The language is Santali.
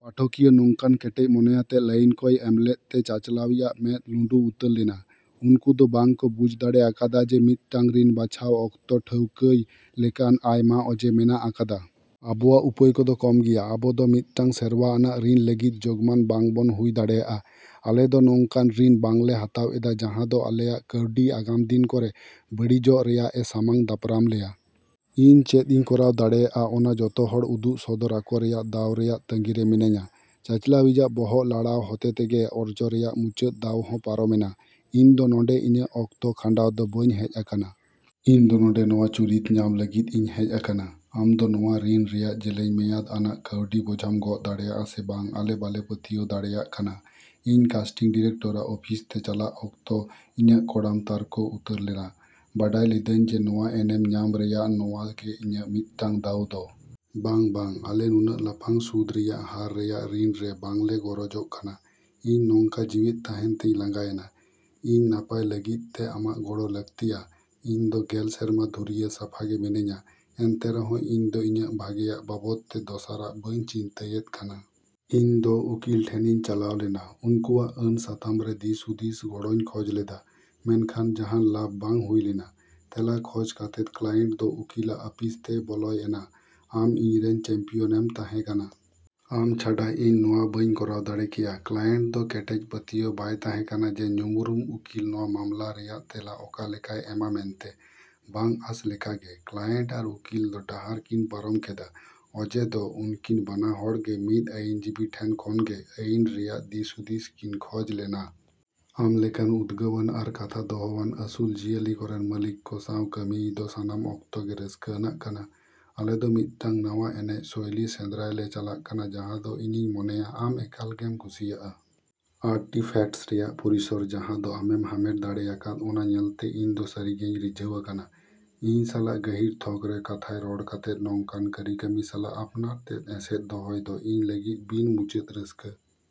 ᱯᱟᱴᱷᱚ ᱠᱤᱭᱟᱹ ᱱᱚᱝᱠᱟᱱ ᱠᱮᱴᱮᱡ ᱢᱚᱱᱮᱭᱟᱛᱮᱫ ᱞᱟᱭᱤᱱ ᱠᱚᱭ ᱮᱢᱞᱮᱫ ᱛᱮ ᱪᱟᱪᱟᱞᱟᱣᱤᱡ ᱟᱜ ᱢᱮᱫ ᱞᱩᱸᱰᱩ ᱩᱛᱟᱹᱨ ᱞᱮᱱᱟ᱾ ᱩᱱᱠᱩ ᱫᱚ ᱵᱟᱝ ᱠᱚ ᱵᱩᱡ ᱫᱟᱲᱮ ᱟᱠᱟᱫᱟ ᱡᱮ ᱢᱤᱫᱴᱟᱝ ᱨᱤᱱ ᱵᱟᱪᱷᱟᱣ ᱚᱠᱛᱚ ᱴᱷᱟᱹᱣᱠᱟᱹᱭ ᱞᱮᱠᱟᱱ ᱟᱭᱢᱟ ᱚᱡᱮ ᱢᱮᱱᱟᱜ ᱟᱠᱟᱫᱟ! ᱟᱵᱚᱣᱟᱜ ᱩᱯᱟᱹᱭ ᱠᱚ ᱫᱚ ᱠᱚᱢ ᱜᱮᱭᱟ! ᱟᱵᱚ ᱫᱚ ᱢᱤᱫᱴᱟᱝ ᱥᱮᱨᱣᱟ ᱟᱱᱟᱜ ᱨᱤᱱ ᱞᱟᱹᱜᱤᱫ ᱡᱳᱜᱢᱟᱱ ᱵᱟᱝ ᱵᱚᱱ ᱦᱩᱭ ᱫᱟᱲᱮᱭᱟᱜᱼᱟ᱾ ᱟᱞᱮ ᱫᱚ ᱱᱚᱝ ᱠᱟᱱ ᱨᱤᱱ ᱵᱟᱝᱞᱮ ᱦᱟᱛᱟᱣ ᱮᱫᱟ ᱡᱟᱦᱟᱸ ᱫᱚ ᱟᱞᱮᱭᱟᱜ ᱠᱟᱹᱣᱰᱤ ᱟᱜᱟᱢ ᱫᱤᱱ ᱠᱚᱨᱮ ᱵᱟᱹᱲᱤᱡᱚᱜ ᱨᱮᱭᱟᱜ ᱮ ᱥᱟᱢᱟᱝ ᱫᱟᱯᱨᱟᱢ ᱞᱮᱭᱟ! ᱤᱧ ᱪᱮᱫ ᱤᱧ ᱠᱚᱨᱟᱣ ᱫᱟᱲᱮᱹᱭᱟᱜᱼᱟ ᱚᱱᱟ ᱡᱚᱛᱚ ᱦᱚᱲ ᱩᱫᱩᱜ ᱥᱚᱫᱚᱨ ᱟᱠᱚ ᱨᱮᱭᱟᱜ ᱫᱟᱣ ᱨᱮᱭᱟᱜ ᱛᱟᱺᱜᱤ ᱨᱮ ᱢᱤᱱᱟᱹᱧᱟ᱾ ᱪᱟᱪᱟᱞᱟᱣᱤᱡᱟᱜ ᱵᱚᱦᱚᱜ ᱞᱟᱲᱟᱣ ᱦᱚᱛᱮ ᱛᱮᱜᱮ ᱚᱨᱡᱚ ᱨᱮᱭᱟᱜ ᱢᱩᱪᱟᱹᱫ ᱫᱟᱣ ᱦᱚᱸ ᱯᱟᱨᱚᱢ ᱮᱱᱟ᱾ ᱤᱧ ᱫᱚ ᱱᱚᱸᱰᱮ ᱤᱧᱟᱹᱜ ᱚᱠᱛᱚ ᱠᱷᱟᱸᱰᱟᱣ ᱫᱚ ᱵᱟᱹᱧ ᱦᱮᱡ ᱟᱠᱟᱱᱟ! ᱤᱧ ᱫᱚ ᱱᱚᱸᱰᱮ ᱱᱚᱶᱟ ᱪᱩᱨᱤᱛ ᱧᱟᱢ ᱞᱟᱹᱜᱤᱫ ᱤᱧ ᱦᱮᱡ ᱟᱠᱟᱱᱟ᱾ ᱟᱢ ᱫᱚ ᱱᱚᱶᱟ ᱨᱤᱱ ᱨᱮᱭᱟᱜ ᱡᱮᱞᱮᱧ ᱢᱮᱭᱟᱫ ᱟᱱᱟᱜ ᱠᱟᱹᱣᱰᱤ ᱵᱚᱡᱷᱟᱢ ᱜᱚᱜ ᱫᱟᱲᱮᱭᱟᱜᱼᱟ ᱥᱮ ᱵᱟᱝ ᱟᱞᱮ ᱵᱟᱞᱮ ᱯᱟᱹᱛᱭᱟᱹᱣ ᱫᱟᱲᱮᱭᱟᱜ ᱠᱟᱱᱟ᱾ ᱤᱧ ᱠᱟᱥᱴᱤᱝ ᱰᱤᱨᱮᱠᱴᱚᱨ ᱟᱜ ᱚᱯᱷᱤᱥ ᱛᱮ ᱪᱟᱞᱟᱜ ᱚᱠᱛᱚ ᱤᱧᱟᱜ ᱠᱚᱲᱟᱢ ᱛᱟᱨᱠᱚ ᱩᱛᱟᱹᱨ ᱞᱮᱱᱟ, ᱵᱟᱰᱟᱭ ᱞᱤᱫᱟᱹᱧ ᱡᱮ ᱱᱚᱶᱟ ᱮᱱᱮᱢ ᱧᱟᱢ ᱨᱮᱭᱟᱜ ᱱᱚᱶᱟ ᱜᱮ ᱤᱧᱟᱜ ᱢᱤᱫᱴᱟᱝ ᱫᱟᱣ ᱫᱚ᱾ ᱵᱟᱝ, ᱵᱟᱝ! ᱟᱞᱮ ᱱᱩᱱᱟᱹᱜ ᱞᱟᱯᱷᱟᱝ ᱥᱩᱫ ᱨᱮᱭᱟᱜ ᱦᱟᱨ ᱨᱮᱭᱟᱜ ᱨᱤᱱ ᱨᱮ ᱵᱟᱝ ᱞᱮ ᱜᱚᱨᱚᱡᱚᱜ ᱠᱟᱱᱟ᱾ ᱤᱧ ᱱᱚᱝᱠᱟ ᱡᱤᱣᱮᱫ ᱛᱟᱦᱮᱸᱱ ᱛᱮᱧ ᱞᱟᱸᱜᱟᱭᱮᱱᱟ! ᱤᱧ ᱱᱟᱯᱟᱭ ᱞᱟᱹᱜᱤᱫᱚᱜ ᱛᱮ ᱟᱢᱟᱜ ᱜᱚᱲᱚ ᱞᱟᱹᱠᱛᱤᱼᱟ! ᱤᱧ ᱫᱚ ᱜᱮᱞ ᱥᱮᱨᱢᱟ ᱫᱷᱩᱨᱭᱟᱹ ᱥᱟᱯᱷᱟ ᱜᱮ ᱢᱤᱱᱟᱹᱧᱟ ᱮᱱᱛᱮ ᱨᱮᱦᱚᱸ ᱤᱧ ᱫᱚ ᱤᱧᱟᱹᱜ ᱵᱷᱟᱜᱮᱭᱟᱜ ᱵᱟᱵᱚᱫ ᱛᱮ ᱫᱚᱥᱟᱨᱟᱜ ᱵᱟᱹᱧ ᱪᱤᱱᱛᱟᱹᱭᱮᱫ ᱠᱟᱱᱟ᱾ ᱤᱧ ᱫᱚ ᱩᱠᱤᱞ ᱴᱷᱮᱱᱤᱧ ᱪᱟᱞᱟᱣ ᱞᱮᱱᱟ, ᱩᱱᱠᱩᱣᱟᱜ ᱟᱹᱱ ᱥᱟᱛᱟᱢ ᱨᱮ ᱫᱤᱥᱦᱩᱫᱤᱥ ᱟᱨ ᱜᱚᱲᱚᱧ ᱠᱷᱚᱡ ᱞᱮᱫᱟ, ᱢᱮᱱᱠᱷᱟᱱ ᱡᱟᱦᱟᱱ ᱞᱟᱵᱷ ᱵᱟᱝ ᱦᱩᱭ ᱞᱮᱱᱟ! ᱛᱮᱞᱟ ᱠᱷᱚᱡ ᱠᱟᱛᱮᱫ ᱠᱞᱟᱭᱮᱱᱴ ᱫᱚ ᱩᱠᱤᱞᱟᱜ ᱟᱹᱯᱤᱥᱛᱮᱭ ᱵᱚᱞᱚᱭ ᱮᱱᱟ! ᱟᱢ ᱤᱧᱨᱮᱱ ᱪᱮᱢᱯᱤᱭᱚᱱ ᱮᱢ ᱛᱟᱦᱮᱸ ᱠᱟᱱᱟ! ᱟᱢ ᱪᱷᱟᱰᱟ ᱤᱧ ᱱᱚᱶᱟ ᱵᱟᱹᱧ ᱠᱚᱨᱟᱣ ᱫᱟᱲᱮ ᱠᱮᱭᱟ᱾ ᱠᱞᱟᱭᱮᱱᱴ ᱫᱚ ᱠᱮᱴᱮᱡ ᱯᱟᱹᱛᱭᱟᱹᱣ ᱵᱟᱭ ᱛᱟᱷᱮᱸ ᱠᱟᱱᱟ ᱡᱮ ᱧᱩᱢᱩᱨᱩᱢ ᱩᱠᱤᱞ ᱱᱚᱶᱟ ᱢᱟᱢᱞᱟ ᱨᱮᱭᱟᱜ ᱛᱮᱞᱟ ᱚᱠᱟ ᱞᱮᱠᱟᱭ ᱮᱢᱟ ᱢᱮᱱᱛᱮ᱾ ᱵᱟᱝ ᱟᱥ ᱞᱮᱠᱟᱜᱮ, ᱠᱞᱟᱭᱮᱱᱴ ᱟᱨ ᱩᱠᱤᱞ ᱫᱚ ᱰᱟᱦᱟᱨ ᱠᱤᱱ ᱯᱟᱨᱚᱢ ᱠᱮᱫᱟ, ᱚᱡᱮ ᱫᱚ ᱩᱱᱠᱤᱱ ᱵᱟᱱᱟ ᱦᱚᱲ ᱜᱮ ᱢᱤᱫ ᱟᱹᱭᱤᱱ ᱡᱤᱵᱤ ᱴᱷᱮᱱ ᱠᱷᱚᱱᱜᱮ ᱟᱭᱤᱱ ᱨᱮᱭᱟᱜ ᱫᱤᱥᱼᱦᱩᱫᱤᱥ ᱠᱤᱱ ᱠᱷᱚᱡ ᱞᱮᱱᱟ᱾ ᱟᱢ ᱞᱮᱠᱟᱱ ᱩᱫᱜᱟᱹᱣᱟᱱ ᱟᱨ ᱠᱟᱛᱷᱟ ᱫᱚᱦᱚᱣᱟᱱ ᱟᱹᱥᱩᱞ ᱡᱤᱭᱟᱹᱞᱤ ᱠᱚᱨᱮᱱ ᱢᱟᱹᱞᱤᱠ ᱠᱚ ᱥᱟᱶ ᱠᱟᱹᱢᱤᱭ ᱫᱚ ᱥᱟᱱᱟᱢ ᱚᱠᱛᱚ ᱜᱮ ᱨᱟᱹᱥᱠᱟᱹ ᱟᱱᱟᱜ ᱠᱟᱱᱟ᱾ ᱟᱞᱮ ᱫᱚ ᱢᱤᱫᱴᱟᱝ ᱱᱟᱣᱟ ᱮᱱᱮᱡ ᱥᱳᱭᱞᱤ ᱥᱮᱸᱫᱽᱨᱟᱭ ᱞᱮ ᱪᱟᱞᱟᱜ ᱠᱟᱱᱟ ᱡᱟᱦᱟᱸ ᱫᱚ ᱤᱧᱤᱧ ᱢᱚᱱᱮᱭᱟ ᱟᱢ ᱮᱠᱟᱞ ᱜᱮᱢ ᱠᱩᱥᱤᱭᱟᱜᱼᱟ᱾ ᱟᱨᱴᱤᱯᱷᱮᱠᱴᱥ ᱨᱮᱭᱟᱜ ᱯᱚᱨᱤᱥᱚᱨ ᱡᱟᱦᱟᱸ ᱫᱚ ᱟᱢᱮᱢ ᱦᱟᱢᱮᱴ ᱫᱟᱲᱮᱭᱟᱠᱟᱫ ᱚᱱᱟ ᱧᱮᱞᱛᱮ ᱤᱧ ᱫᱚ ᱥᱟᱹᱨᱤ ᱜᱮᱧ ᱨᱤᱡᱷᱟᱹᱣ ᱟᱠᱟᱱᱟ᱾ ᱤᱧ ᱥᱟᱞᱟᱜ ᱜᱟᱹᱦᱤᱨ ᱛᱷᱚᱠ ᱨᱮ ᱠᱟᱛᱷᱟᱭ ᱨᱚᱲ ᱠᱟᱛᱮᱫ ᱱᱚᱝᱠᱟᱱ ᱠᱟᱹᱨᱤᱠᱟᱹᱢᱤ ᱥᱟᱞᱟᱜ ᱟᱯᱱᱟᱨ ᱛᱮᱫ ᱮᱥᱮᱫ ᱫᱚᱦᱚᱭ ᱫᱚ ᱤᱧ ᱞᱟᱹᱜᱤᱫ ᱵᱤᱱ ᱢᱩᱪᱟᱹᱫ ᱨᱟᱹᱥᱠᱟᱹᱼᱼ